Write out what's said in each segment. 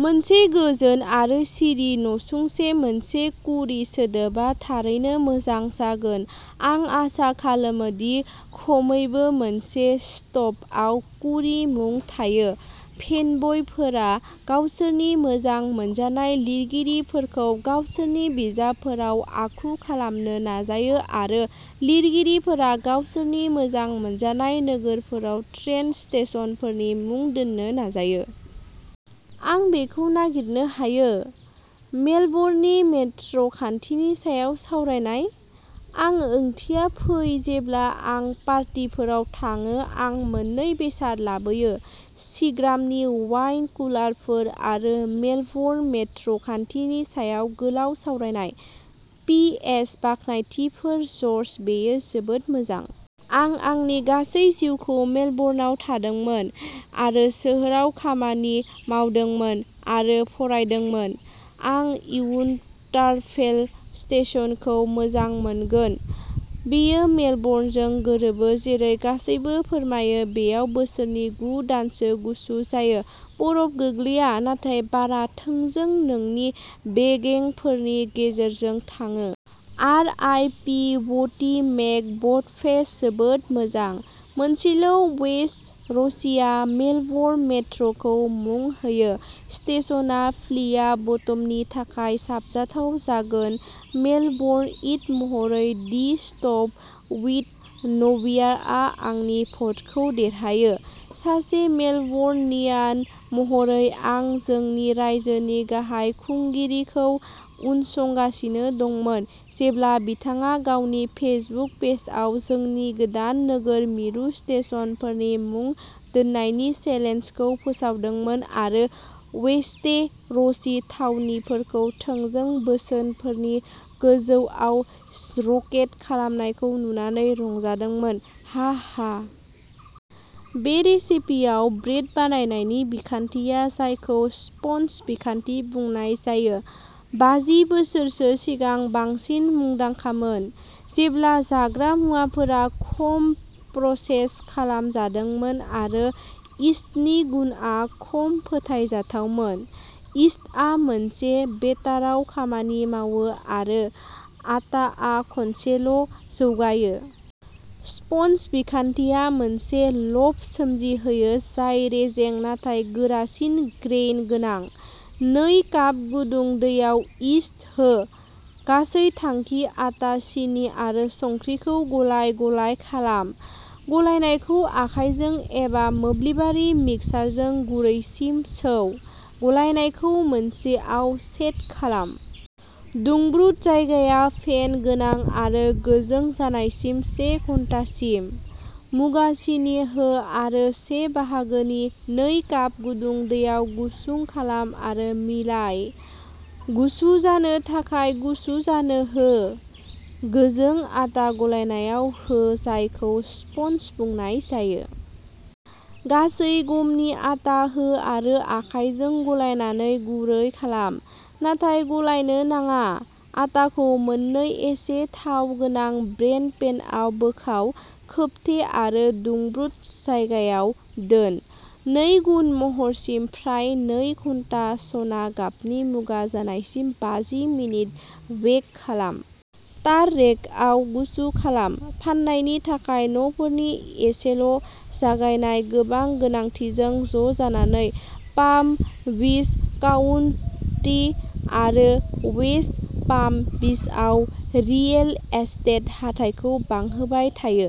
मोनसे गोजोन आरो सिरि नसुंसे मोनसे कुरि सोदोबआ थारैनो मोजां जागोन, आं आसा खालामो दि खमैबो मोनसे स्टपआव कुरि मुं थायो। फेनब'यफोरा गावसोरनि मोजां मोनजानाय लिरगिरिफोरखौ गावसोरनि बिजाबफोराव आखु खालामनो नाजायो आरो लिरगिरिफोरा गावसोरनि मोजां मोनजानाय नोगोरफोराव ट्रेन स्टेशनफोरनि मुं दोन्नो नाजायो। आं बेखौ नागिरनो हायो। मेलबर्ननि मेट्र'खान्थिनि सायाव सावरायनाय? आं ओंथिया फै जेब्ला आं पार्टीफोराव थाङो आं मोननै बेसाद लाबोयो। सिग्रामनि वाइन कुलारफोर आरो मेलबर्न मेट्र'खान्थिनि सायाव गोलाव सावरायनाय। पि एस बाख्नायथिफोर, जर्ज बेयो जोबोद मोजां। आं आंनि गासै जिउखौ मेलबर्नआव थादोंमोन आरो सोहोराव खामानि मावदोंमोन आरो फरायदोंमोन। आं उइन्टारफेल स्टेशनखौ मोजां मोनगोन। बेयो मेलबर्नजों गोरोबो जेरै गासैबो फोरमायो बेयाव बोसोरनि गु दानसो गुसु जायो। बरफ गोग्लैया नाथाय बारआ थोंजों नोंनि बेगेंफोरनि गेजेरजों थाङो। R I P Boaty McBoatface जोबोद मोजां। मोनसेल' वेस्ट र'सीआ मेलबर्न मेट्रखौ मुं होयो। स्टेशनआ फ्लिया बटम नि थाखाय साबजाथाव जागोन मेलबर्नइट महरै दि स्टप विद न'बियारआ आंनि भ'टखौ देरहायो। सासे मेलबरन‌ नियान महरै आं जोंनि रायजोनि गाहाय खुंगिरिखौ उनसंगासिनो दंमोन जेब्ला बिथाङा गावनि फेसबुक पेजआव जोंनि गोदान नोगोर मिरु स्टेशनफोरनि मुं दोननायनि चेलेन्जखौ फोसावदोंमोन आरो वेस्टे र'सि थावनिफोरखौ थोंजों बोसोनफोरनि गोजौआव रकेट खालामनायखौ नुनानै रंजादोंमोन हाहा। बे रेसिपिआव ब्रेड बानायनायनि बिखान्थिया जायखौ स्पन्ज बिखान्थि बुंनाय जायो। बाजि बोसोरसो सिगां बांसिन मुंदांखामोन। जेब्ला जाग्रा मुवाफोरा खम प्रसेस खालामजादोंमोन आरो इस्टनि गुनआ खम फोथायजाथावमोन। इस्टआ मोनसे बेटाराव खामानि मावो आरो आटाआ खनसेल' जौगायो। स्पन्ज बिखान्थिया मोनसे ल'फ सोमजिहोयो जाय रेजें नाथाय गोरासिन ग्रेइन गोनां। नै काप गुदुं दैयाव इस्ट हो। गासै थांखि आटा सिनि आरो संख्रिखौ गलाय-गलाय खालाम। गलायनायखौ आखायजों एबा मोब्लिबारि मिक्सारजों गुरैसिम सौ। गलायनायखौ मोनसेआव सेट खालाम। दुंब्रुद जायगाया फेन गोनां आरो गोजों जानायसिम से घन्टासिम। मुगा सिनि हो आरो से बाहागोनि नै काप गुदुं दैयाव गुसुं खालाम आरो मिलाय। गुसु जानो थाखाय गुसु जानो हो। गोजों आटा गलायनायाव हो, जायखौ स्पन्ज बुंनाय जायो। गासै गमनि आटा हो आरो आखायजों गलायनानै गुरै खालाम, नाथाय गलायनो नाङा। आटाखौ मोननै एसे थाव गोनां ब्रेड पेनआव बोखाव, खोबथे आरो दुंब्रुद जायगायाव दोन। नैगुन महरसिम फ्राय नै घन्टा सना गाबनि मुगा जानायसिम बाजि मिनिट बेक खालाम। तार रेकआव गुसु खालाम। फान्नायनि थाखाय न'फोरनि एसेल' जगायनाय गोबां गोनांथिजों ज'जानानै पाम बिच काउनटि आरो वेस्ट पाम बिचआव रियेल एस्टेट हाथाइखौ बांहोबाय थायो।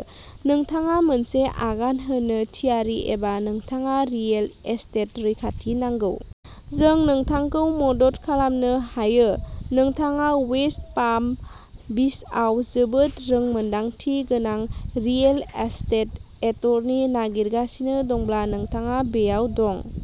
नोंथाङा मोनसे आगान होनो थियारि एबा नोंथाङा रियेल एस्टेट रैखाथि नांगौ। जों नोंथांखौ मदद खालामनो हायो। नोंथाङा वेस्ट पाम बिचआव जोबोद रोंमोनदांथि गोनां रियेल एस्टेट एटरनि नागिरगासिनो दंब्ला, नोंथाङा बेयाव दं।